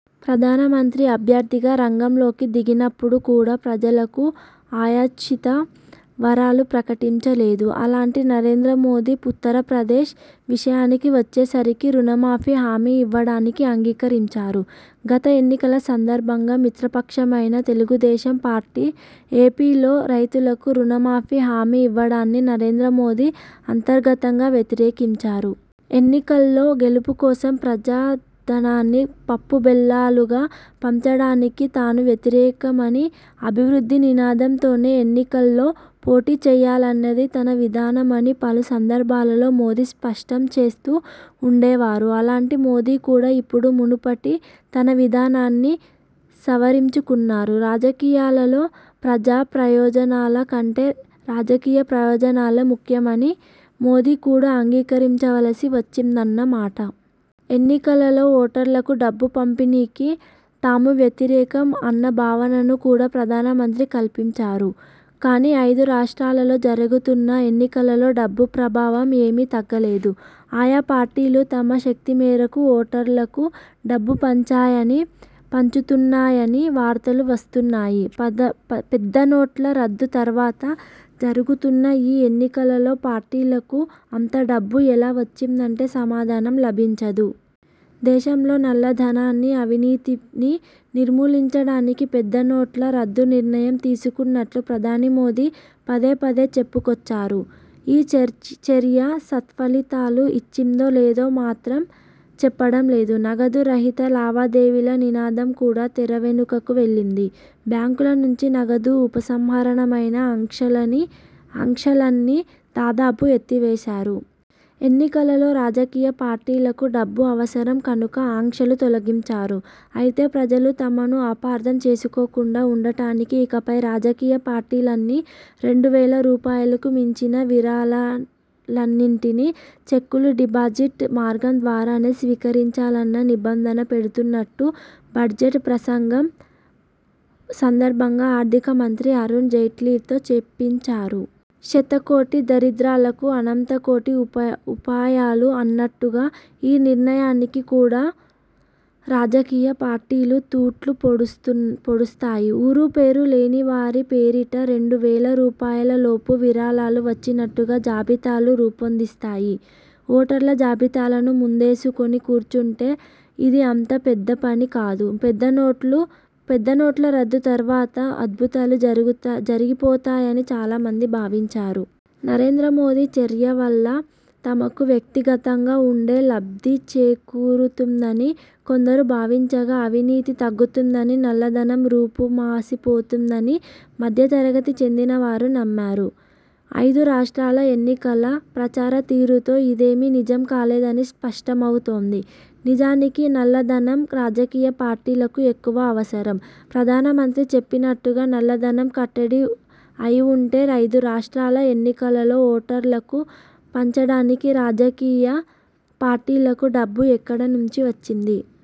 ప్రధానమంత్రి అభ్యర్థిగా రంగంలోకి దిగినప్పుడు కూడా ప్రజలకు అయాచిత వరాలు ప్రకటించలేదు. అలాంటి నరేంద్ర మోదీ ఉత్తరప్రదేశ్ విషయానికి వచ్చేసరికి రుణమాఫీ హామీ ఇవ్వడానికి అంగీకరించారు. గత ఎన్నికల సందర్భంగా మిత్రపక్షమైన తెలుగుదేశం పార్టీ ఏపీలో రైతులకు రుణమాఫీ హామీ ఇవ్వడాన్ని నరేంద్రమోదీ అంతర్గతంగా వ్యతిరేకించారు. ఎన్నికల్లో గెలుపు కోసం ప్రజాధనాన్ని పప్పు బెల్లాలుగా పంచడానికి తాను వ్యతిరేకమనీ, అభివృద్ధి నినాదంతోనే ఎన్నికల్లో పోటీ చేయాలన్నది తన విధానమనీ పలు సందర్భాలలో మోదీ స్పష్టంచేస్తూ ఉండేవారు. అలాంటి మోదీ కూడా ఇప్పుడు మునుపటి తన విధానాన్ని సవరించుకున్నారు. రాజకీయాలలో ప్రజా ప్రయోజనాల కంటే రాజకీయ ప్రయోజనాలే ముఖ్యమని మోదీ కూడా అంగీకరించవలసి వచ్చిందన్న మాట! ఎన్నికలలో ఓటర్లకు డబ్బు పంపిణీకి తాము వ్యతిరేకం అన్న భావనను కూడా ప్రధానమంత్రి కల్పించారు. కానీ, ఐదు రాష్ర్టాలలో జరుగుతున్న ఎన్నికలలో డబ్బు ప్రభావం ఏమీ తగ్గలేదు. ఆయా పార్టీలు తమ శక్తిమేరకు ఓటర్లకు డబ్బు పంచాయనీ, పంచుతున్నాయనీ వార్తలు వస్తున్నాయి. పెద్దనోట్ల రద్దు తర్వాత జరుగుతున్న ఈ ఎన్నికలలో పార్టీలకు అంత డబ్బు ఎలా వచ్చిందంటే సమాధానం లభించదు. దేశంలో నల్లధనాన్ని, అవినీతిని నిర్మూలించడానికి పెద్దనోట్ల రద్దు నిర్ణయం తీసుకున్నట్లు ప్రధాని మోదీ పదేపదే చెప్పుకొచ్చారు. ఈ చర్య సత్ఫలితాలు ఇచ్చిందో లేదో మాత్రం చెప్పడం లేదు. నగదు రహిత లావాదేవీల నినాదం కూడా తెరవెనుకకు వెళ్లింది. బ్యాంకుల నుంచి నగదు ఉపసంహరణపై ఆంక్షలన్నీ దాదాపు ఎత్తివేశారు. ఎన్నికలలో రాజకీయ పార్టీలకు డబ్బు అవసరం కనుక ఆంక్షలు తొలగించారు. అయితే, ప్రజలు తమను అపార్థం చేసుకోకుండా ఉండటానికి ఇకపై రాజకీయ పార్టీలన్నీ రెండువేల రూపాయలకు మించిన విరాళాలన్నింటినీ చెక్కులు, డిపాజిట్ మార్గం ద్వారానే స్వీకరించాలన్న నిబంధన పెడుతున్నట్టు బడ్జెట్ ప్రసంగం సందర్భంగా ఆర్థికమంత్రి అరుణ్ జైట్లీతో చెప్పించారు. శతకోటి దరిద్రాలకు అనంతకోటి ఉపాయాలు అన్నట్టుగా ఈ నిర్ణయానికి కూడా రాజకీయ పార్టీలు తూట్లు పొడుస్తాయి. ఊరూపేరు లేనివారి పేరిట రెండు వేల రూపాయలలోపు విరాళాలు వచ్చినట్టుగా జాబితాలు రూపొందిస్తాయి. ఓటర్ల జాబితాలను ముందేసుకుని కూర్చుంటే ఇది అంత పెద్దపని కాదు. పెద్దనోట్ల రద్దు తర్వాత అద్భుతాలు జరిగిపోతాయని చాలామంది భావించారు. నరేంద్రమోదీ చర్య వల్ల తమకు వ్యక్తిగతంగా కూడా లబ్ధిచేకూరుతుందని కొందరు భావించగా, అవినీతి తగ్గుతుందనీ, నల్లధనం రూపుమాసిపోతుందనీ మధ్య తరగతికి చెందినవారు నమ్మారు. ఐదు రాష్ర్టాల ఎన్నికల ప్రచార తీరుతో ఇదేమీ నిజం కాలేదని స్పష్టమవుతోంది. నిజానికి నల్లధనం రాజకీయ పార్టీలకు ఎక్కువ అవసరం. ప్రధానమంత్రి చెప్పినట్టుగా నల్లధనం కట్టడి అయిఉంటే ఐదు రాష్ర్టాల ఎన్నికలలో ఓటర్లకు పంచడానికి రాజకీయ పార్టీలకు డబ్బు ఎక్కడ నుంచి వచ్చింది?